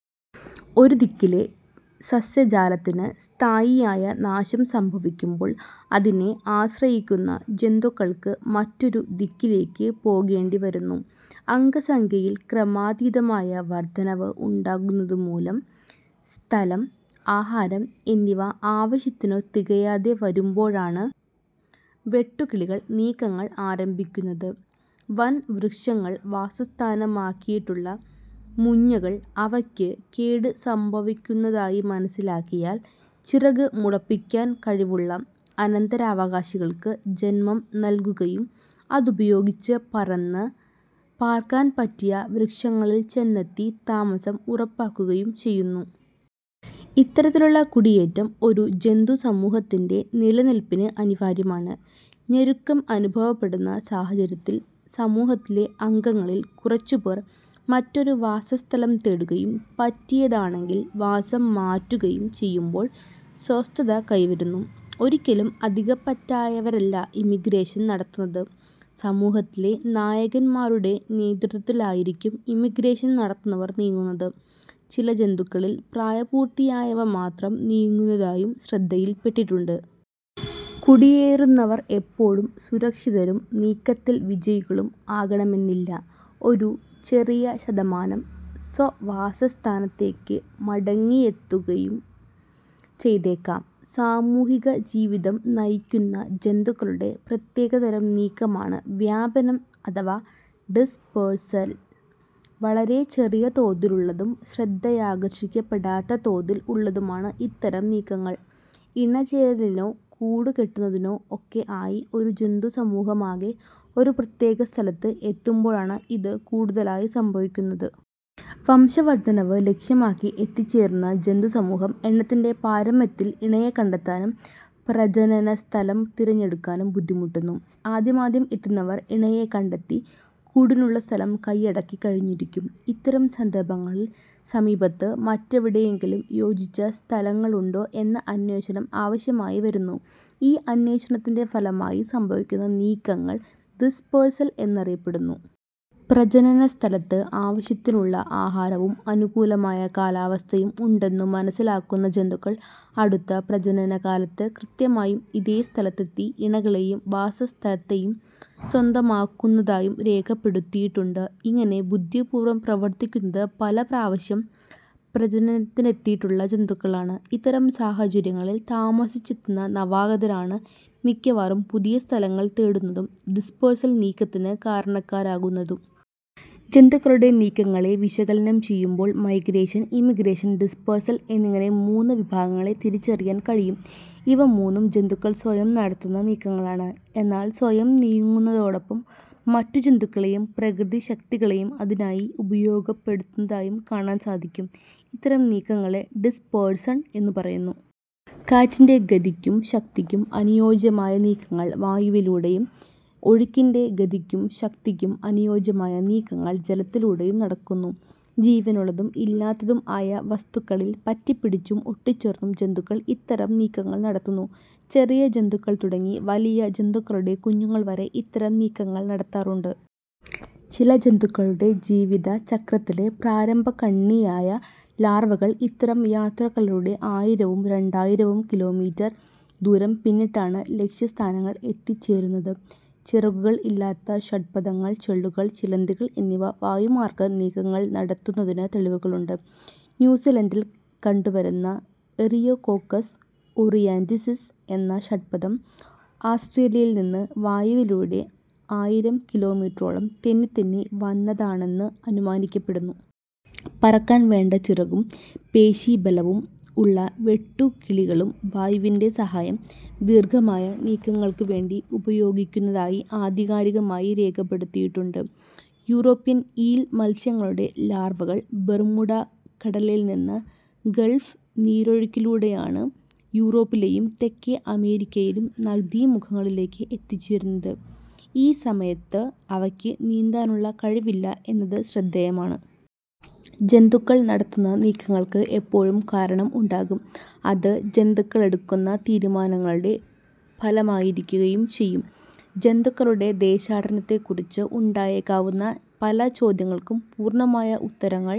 ഒരു ദിക്കിലെ സസ്യജാലത്തിന് സ്ഥായിയായ നാശം സംഭവിക്കുമ്പോൾ അതിനെ ആശ്രയിക്കുന്ന ജന്തുക്കൾക്ക് മറ്റൊരു ദിക്കിലേക്ക് പോകേണ്ടിവരുന്നു. അംഗസംഖ്യയിൽ ക്രമാതീതമായ വർധനവ് ഉണ്ടാകുന്നതുമൂലം സ്ഥലം, ആഹാരം എന്നിവ ആവശ്യത്തിനു തികയാതെ വരുമ്പോഴാണ് വെട്ടുകിളികൾ നീക്കങ്ങൾ ആരംഭിക്കുന്നത്. വൻ വൃക്ഷങ്ങൾ വാസസ്ഥാനമാക്കിയിട്ടുള്ള മുഞ്ഞകൾ അവയ്ക്ക് കേട് സംഭവിക്കുന്നതായി മനസ്സിലാക്കിയാൽ ചിറക് മുളപ്പിക്കാൻ കഴിവുള്ള അനന്തരാവകാശികൾക്ക് ജന്മം നല്കുകയും അതുപയോഗിച്ച് പറന്ന് പാർക്കാൻ പറ്റിയ വൃക്ഷങ്ങളിൽ ചെന്നെത്തി താമസം ഉറപ്പാക്കുകയും ചെയ്യുന്നു. ഇത്തരത്തിലുള്ള കുടിയേറ്റം ഒരു ജന്തുസമൂഹത്തിന്റെ നിലനില്പിന് അനിവാര്യമാണ്. ഞെരുക്കം അനുഭവപ്പെടുന്ന സാഹചര്യത്തിൽ സമൂഹത്തിലെ അംഗങ്ങളിൽ കുറച്ചുപേർ മറ്റൊരു വാസസ്ഥലം തേടുകയും, പറ്റിയതാണെങ്കിൽ വാസം മാറ്റുകയും ചെയ്യുമ്പോൾ സ്വസ്ഥത കൈവരുന്നു. ഒരിക്കലും അധികപ്പറ്റായവരല്ല ഇമിഗ്രേഷൻ നടത്തുന്നത്. സമൂഹത്തിലെ നായകന്മാരുടെ നേതൃത്വത്തിലായിരിക്കും ഇമിഗ്രേഷൻ നടത്തുന്നവർ നീങ്ങുന്നത്. ചില ജന്തുക്കളിൽ പ്രായപൂർത്തിയായവ മാത്രം നീങ്ങുന്നതായും ശ്രദ്ധയിൽപ്പെട്ടിട്ടുണ്ട്. കുടിയേറുന്നവർ എപ്പോഴും സുരക്ഷിതരും നീക്കത്തിൽ വിജയികളും ആകണമെന്നില്ല. ഒരു ചെറിയ ശതമാനം സ്വവാസസ്ഥാനത്തേക്ക് മടങ്ങിയെത്തുകയും ചെയ്തേക്കാം. സാമൂഹികജീവിതം നയിക്കുന്ന ജന്തുക്കളുടെ പ്രത്യേകതരം നീക്കമാണ് വ്യാപനം അഥവാ ഡിസ്പേഴ്സൽ. വളരെ ചെറിയ തോതിലുള്ളതും ശ്രദ്ധയാകർഷിക്കപ്പെടാത്ത തോതിൽ ഉള്ളതുമാണ് ഇത്തരം നീക്കങ്ങൾ. ഇണചേരലിനോ കൂടുകെട്ടുന്നതിനോ ഒക്കെ ആയി ഒരു ജന്തുസമൂഹമാകെ ഒരു പ്രത്യേക സ്ഥലത്ത് എത്തുമ്പോഴാണ് ഇത് കൂടുതലായി സംഭവിക്കുന്നത്. വംശവർധനവ് ലക്ഷ്യമാക്കി എത്തിച്ചേരുന്ന ജന്തുസമൂഹം എണ്ണത്തിന്റെ പാരമ്യത്തിൽ ഇണയെ കണ്ടെത്താനും പ്രജനനസ്ഥലം തിരഞ്ഞെടുക്കാനും ബുദ്ധിമുട്ടുന്നു. ആദ്യമാദ്യം എത്തുന്നവർ ഇണയെ കണ്ടെത്തി കൂടിനുള്ള സ്ഥലം കയ്യടക്കിക്കഴിഞ്ഞിരിക്കും. ഇത്തരം സന്ദർഭങ്ങളിൽ സമീപത്ത് മറ്റെവിടെയെങ്കിലും യോജിച്ച സ്ഥലങ്ങളുണ്ടോ എന്ന അന്വേഷണം ആവശ്യമായിവരുന്നു. ഈ അന്വേഷണത്തിന്റെ ഫലമായി സംഭവിക്കുന്ന നീക്കങ്ങൾ ഡിസ്പേഴ്സൽ എന്നറിയപ്പെടുന്നു. പ്രജനനസ്ഥലത്ത് ആവശ്യത്തിനുള്ള ആഹാരവും അനുകൂലമായ കാലാവസ്ഥയും ഉണ്ടെന്നു മനസ്സിലാക്കുന്ന ജന്തുക്കൾ അടുത്ത പ്രജനനകാലത്ത് കൃത്യമായും ഇതേ സ്ഥലത്തെത്തി ഇണകളെയും വാസസ്ഥലത്തെയും സ്വന്തമാക്കുന്നതായും രേഖപ്പെടുത്തിയിട്ടുണ്ട്. ഇങ്ങനെ ബുദ്ധിപൂർവം പ്രവർത്തിക്കുന്നത് പല പ്രാവശ്യം പ്രജനനത്തിനെത്തിയിട്ടുള്ള ജന്തുക്കളാണ്. ഇത്തരം സാഹചര്യങ്ങളിൽ താമസിച്ചെത്തുന്ന നവാഗതരാണ് മിക്കവാറും പുതിയ സ്ഥലങ്ങൾ തേടുന്നതും ഡിസ്പേഴ്സൽ നീക്കത്തിന് കാരണക്കാരാകുന്നതും. ജന്തുക്കളുടെ നീക്കങ്ങളെ വിശകലനം ചെയ്യുമ്പോൾ മൈഗ്രേഷൻ, ഇമിഗ്രേഷൻ, ഡിസ്പേഴ്സൽ എന്നിങ്ങനെ മൂന്ന് വിഭാഗങ്ങളെ തിരിച്ചറിയാൻ കഴിയും. ഇവ മൂന്നും ജന്തുക്കൾ സ്വയം നടത്തുന്ന നീക്കങ്ങളാണ്. എന്നാൽ സ്വയം നീങ്ങുന്നതോടൊപ്പം മറ്റു ജന്തുക്കളെയും പ്രകൃതിശക്തികളെയും അതിനായി ഉപയോഗപ്പെടുത്തുന്നതായും കാണാൻ സാധിക്കും. ഇത്തരം നീക്കങ്ങളെ ഡിസ്പേർസൺ എന്നു പറയുന്നു. കാറ്റിന്റെ ഗതിക്കും ശക്തിക്കും അനുയോജ്യമായ നീക്കങ്ങൾ വായുവിലൂടെയും, ഒഴുക്കിന്റെ ഗതിക്കും ശക്തിക്കും അനുയോജ്യമായ നീക്കങ്ങൾ ജലത്തിലൂടെയും നടക്കുന്നു. ജീവനുള്ളതും ഇല്ലാത്തതും ആയ വസ്തുക്കളിൽ പറ്റിപ്പിടിച്ചും ഒട്ടിച്ചേർന്നും ജന്തുക്കൾ ഇത്തരം നീക്കങ്ങൾ നടത്തുന്നു. ചെറിയ ജന്തുക്കൾ തുടങ്ങി വലിയ ജന്തുക്കളുടെ കുഞ്ഞുങ്ങൾ വരെ ഇത്തരം നീക്കങ്ങൾ നടത്താറുണ്ട്. ചില ജന്തുക്കളുടെ ജീവിതചക്രത്തിലെ പ്രാരംഭകണ്ണിയായ 'ലാർവകൾ' ഇത്തരം യാത്രകളിലൂടെ ആയിരവും രണ്ടായിരവും കിലോമീറ്റർ ദൂരം പിന്നിട്ടാണ് ലക്ഷ്യസ്ഥാനത്ത് എത്തിച്ചേരുന്നത്. ചിറകുകൾ ഇല്ലാത്ത ഷഡ്പദങ്ങൾ, ചെള്ളുകൾ, ചിലന്തികൾ എന്നിവ വായുമാർഗ്ഗം നീക്കങ്ങൾ നടത്തുന്നതിന് തെളിവുകളുണ്ട്. ന്യൂസിലൻഡിൽ കണ്ടുവരുന്ന എറിയോകോക്കസ് ഒറാറിയൻസിസ് എന്ന ഷഡ്പദം ആസ്റ്റ്രേലിയയിൽനിന്ന് വായുവിലൂടെ ആയിരം കിലോമീറ്ററോളം തെന്നിത്തെന്നി വന്നതാണെന്ന് അനുമാനിക്കപ്പെടുന്നു. പറക്കാൻവേണ്ട ചിറകും പേശീ ബലവും ഉള്ള വെട്ടുകിളികളും വായുവിന്റെ സഹായം ദീർഘമായ നീക്കങ്ങൾക്കുവേണ്ടി ഉപയോഗിക്കുന്നതായി ആധികാരികമായി രേഖപ്പെടുത്തിയിട്ടുണ്ട്. യൂറോപ്യൻ ഈൽ മത്സ്യങ്ങളുടെ ലാർവകൾ ബെർമുഡ കടലിൽനിന്ന് ഗൾഫ് നീരൊഴിക്കിലൂടെയാണ് യൂറോപ്പിലെയും തെക്കേ അമേരിക്കയിലെയും നദീമുഖങ്ങളിലേക്ക് എത്തിച്ചേരുന്നത്. ഈ സമയത്ത് അവയ്ക്ക് നീന്താനുള്ള കഴിവില്ല എന്നത് ശ്രദ്ധേയമാണ്. ജന്തുക്കൾ നടത്തുന്ന നീക്കങ്ങൾക്ക് എപ്പോഴും കാരണം ഉണ്ടാകും; അത് ജന്തുക്കളെടുക്കുന്ന തീരുമാനങ്ങളുടെ ഫലമായിരിക്കുകയും ചെയ്യും. ജന്തുക്കളുടെ ദേശാടനത്തെ സംബന്ധിച്ച് ഉണ്ടായേക്കാവുന്ന പല ചോദ്യങ്ങൾക്കും പൂർണമായ ഉത്തരങ്ങൾ